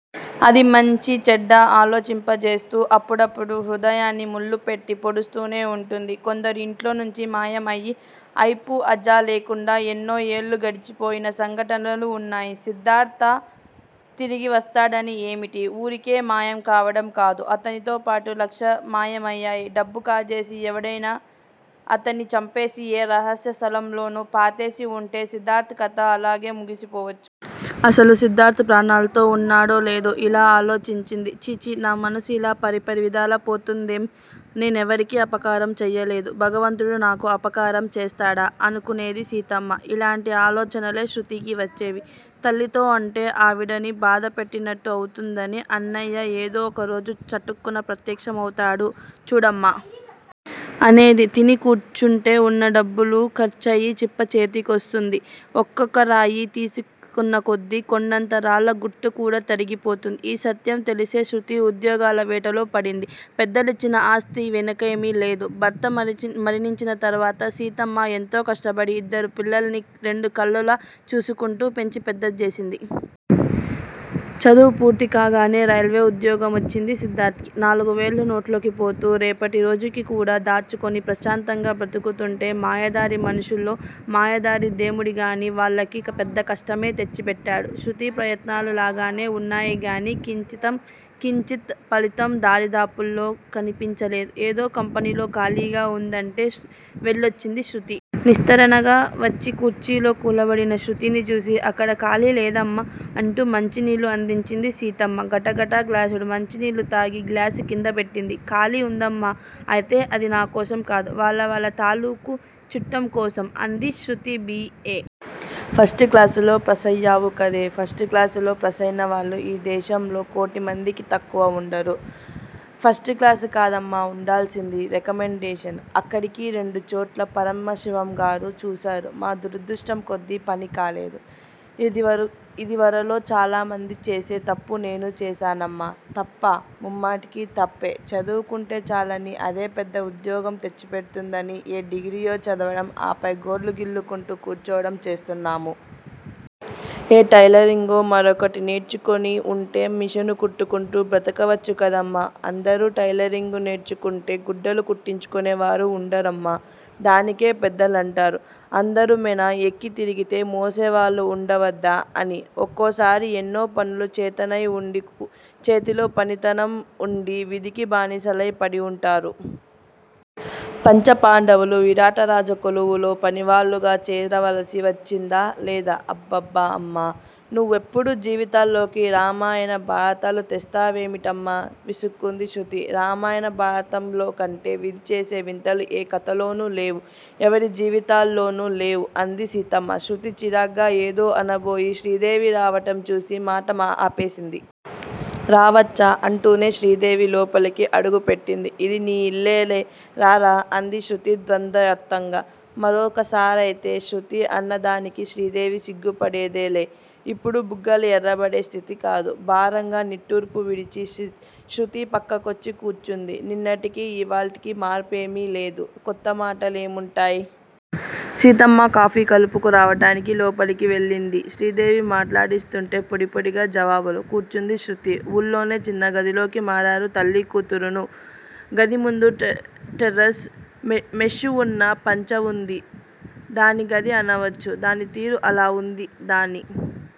అది మంచీచెడ్డా ఆలోచింపజేస్తూ, అప్పుడప్పుడు హృదయాన్ని ముల్లుపెట్టి పొడుస్తూనే వుంటుంది. కొందరు ఇంట్లోనుంచి మాయం అయి అయిపూ అజా లేకుండా ఎన్నో ఏళ్ళు గడిచిపోయిన సంఘటనలు వున్నాయి. సిద్దార్థ తిరిగి వస్తాడని ఏమిటి? ఊరికే మాయంకావడం కాదు. అతనితో పాటు లక్ష మాయమయ్యాయి. డబ్బు కాజేసి ఎవరైనా అతన్ని చంపేసి ఏ రహస్య స్థలంలోనో పాతేసి వుంటే సిద్దార్థ కథ అలాగే ముగిసిపోవచ్చు. అసలు సిద్దార్థ ప్రాణాలతో వున్నాడో లేదో! ఇలా ఆలోచించి ఛీ ఛీ నా మనసు ఇలా పరిపరివిధాల పోతుదేం? నేను ఎవరికీ అపకారంచెయ్యలేదు. భగవంతుడు నాకు అపకారం చేస్తాడా? ' అనుకునేది సీతమ్మ. ఇలాంటి ఆలోచనలే శృతికీ వచ్చేవి. తల్లితో అంటే ఆవిడని బాధ పెట్టినట్టు అవుతుందని అన్నయ్య ఏదో ఒక రోజు చటుక్కున ప్రత్యక్షమవుతాడు చూడమ్మా! అనేది. తిని కూర్చుంటే వున్న డబ్బులు ఖర్చయి చిప్ప చేతికొస్తుంది. ఒక్కొక్క రాయి తీసుకున్నకొద్దీ కొండంత రాళ్ళ గుట్టకూడా తరిగిపోతుంది. ఈ సత్యం తెలిసే శృతి ఉద్యోగాల వేటలో పడింది. పెద్దలిచ్చిన ఆస్తి వెనకేమీ లేదు. భర్త మరణించిన తర్వాత సీతమ్మ ఎంతో కష్టపడి ఇద్దరు పిల్లల్ని రెండు కళ్ళులా చూసుకుంటూ పెంచి పెద్ద చేసింది. చదువు పూర్తి కాగానే రైల్వే ఉద్యోగమొచ్చింది సిద్దార్థకి. నాలుగు వేళ్ళూ నోట్లోకి పోతూ, రేపటి రోజుకికూడా దాచుకుని ప్రశాంతంగా బతుకుతుంటే మాయదారి మనుషులో, మాయదారి దేముడోగాని వాళ్ళకి పెద్దకష్టమే తెచ్చిపెట్టాడు. శృతి ప్రయత్నాలు లాగానే వున్నాయిగాని, కించితం కించిత్ ఫలితం దరిదాపుల్లో కనిపించలేదు. ఏదో కంపెనీలో ఖాళీగా వుందంటే వెళ్ళోచ్చిందిశృతి. నిస్త్రాణగా వచ్చి కుర్చీలో కూలబడిన శృతిని చూసి అక్కడా ఖాళీ లేదామ్మా? అంటూ మంచినీళ్ళు అందించింది సీతమ్మ. గటగట గ్లాసెడు మంచినీళ్ళూతాగి గ్లాసు కింద పెట్టింది. ఖాళీ వుందమ్మా! అయితే, అది నాకోసం కాదు. వాళ్ళ వాళ్ళ తాలూకు చుట్టంకోసం అంది శృతి. బి. ఏ. ఫస్టు క్లాసులో ప్యాసయ్యావుకదే? ఫస్టుక్లాసులో ప్యాసయినవాళ్ళు ఈ దేశంలో కోటిమందికి తక్కువ ఉండరు. ఫస్టు క్లాసు కాదమ్మా వుండాల్సింది. రికమండేషన్, అక్కడికీ రెండుచోట్ల పరమశివంగారు చూశారు. మా దురదృష్టంకొద్దీ పనికాలేదు. ఇదివర ఇదివరలో చాలామంది చేసే తప్పు నేనూ చేశానమ్మా! తప్పా? ముమ్మాటికీ తప్పే. చదువుకుంటే చాలని, అదే పెద్ద ఉద్యోగం తెచ్చిపెడుతుందని ఏ డిగ్రీయో చదవడం, ఆ పై గోళ్ళు గిల్లుకుంటూ కూర్చోడం చేస్తున్నాము. ఏ టెయిలరింగో, మరొకటో నేర్చుకుని వుంటే మిషను కుట్టుకుంటూ బతకవచ్చుకదమ్మా! అందరూ టెయిలరింగు నేర్చుకుంటే గుడ్డలు కుట్టించుకునేవారు ఉండరమ్మా! దానికే పెద్దలంటారు! అందరూమేనా ఎక్కి తిరిగితే మోసేవాళ్ళు వుండవద్దా అని. ఒక్కో సారి ఎన్నో పనులు చేతనై వుండి, చేతిలో పనితనం వుండి విధికి బానిసలయి పడివుంటారు. పంచపాండవులు విరాటరాజు కొలువులో పనివాళ్ళుగా చేరవలసి వచ్చిందా లేదా? అబ్బబ్బ-అమ్మా! నువ్వెప్పుడూ జీవితాల్లోకి రామాయన భారతాలు తెస్తావేమిటమ్మా! విసుక్కుంది శృతి. రామాయణ భారతాల్లోకంటే విధిచేసే వింతలు ఏ కథలోనూ లేవు, ఎవరి జీవితాల్లోనూ లేవు అంది సీతమ్మ. శృతి చిరాగ్గా ఏదో అనబోయి శ్రీదేవి రావటం చూసి మాట ఆపేసింది. రావచ్చా? అంటూనే శ్రీదేవి లోపలికి అడుగు పెట్టింది. ఇది నీ యిల్లేలే రారా. అంది శృతి ద్వంద్వాయప్తంగా. మరొకసారయితే శృతి అన్నదానికి శ్రీదేవి సిగ్గుపడేదేలే. ఇప్పుడు బుగ్గలు ఎర్రబడే స్థితికాదు, భారంగా నిట్టూర్పు విడిచి శృతి పక్కకొచ్చి కూర్చుంది. నిన్నటికి ఇవాల్టికి మార్పేమీ లేదు, కొత్తమాట లేముంటాయ్? సీతమ్మ కాఫీ కలుపుకు రావటానికి లోపలికి వెళ్ళింది. శ్రీదేవి మాట్లాడిస్తుంటే పొడి పొడిగా జవాబులు కూర్చుంది శృతి. ఊళ్ళోనే చిన్న గదిలోకి మారారు తల్లీ కూతురూను, గదిముందు టెర్రేష్, మెష్షూవున్న పంచవుంది. దాన్ని గది అనవచ్చు. దాని తీరు అలా వుంది. దాని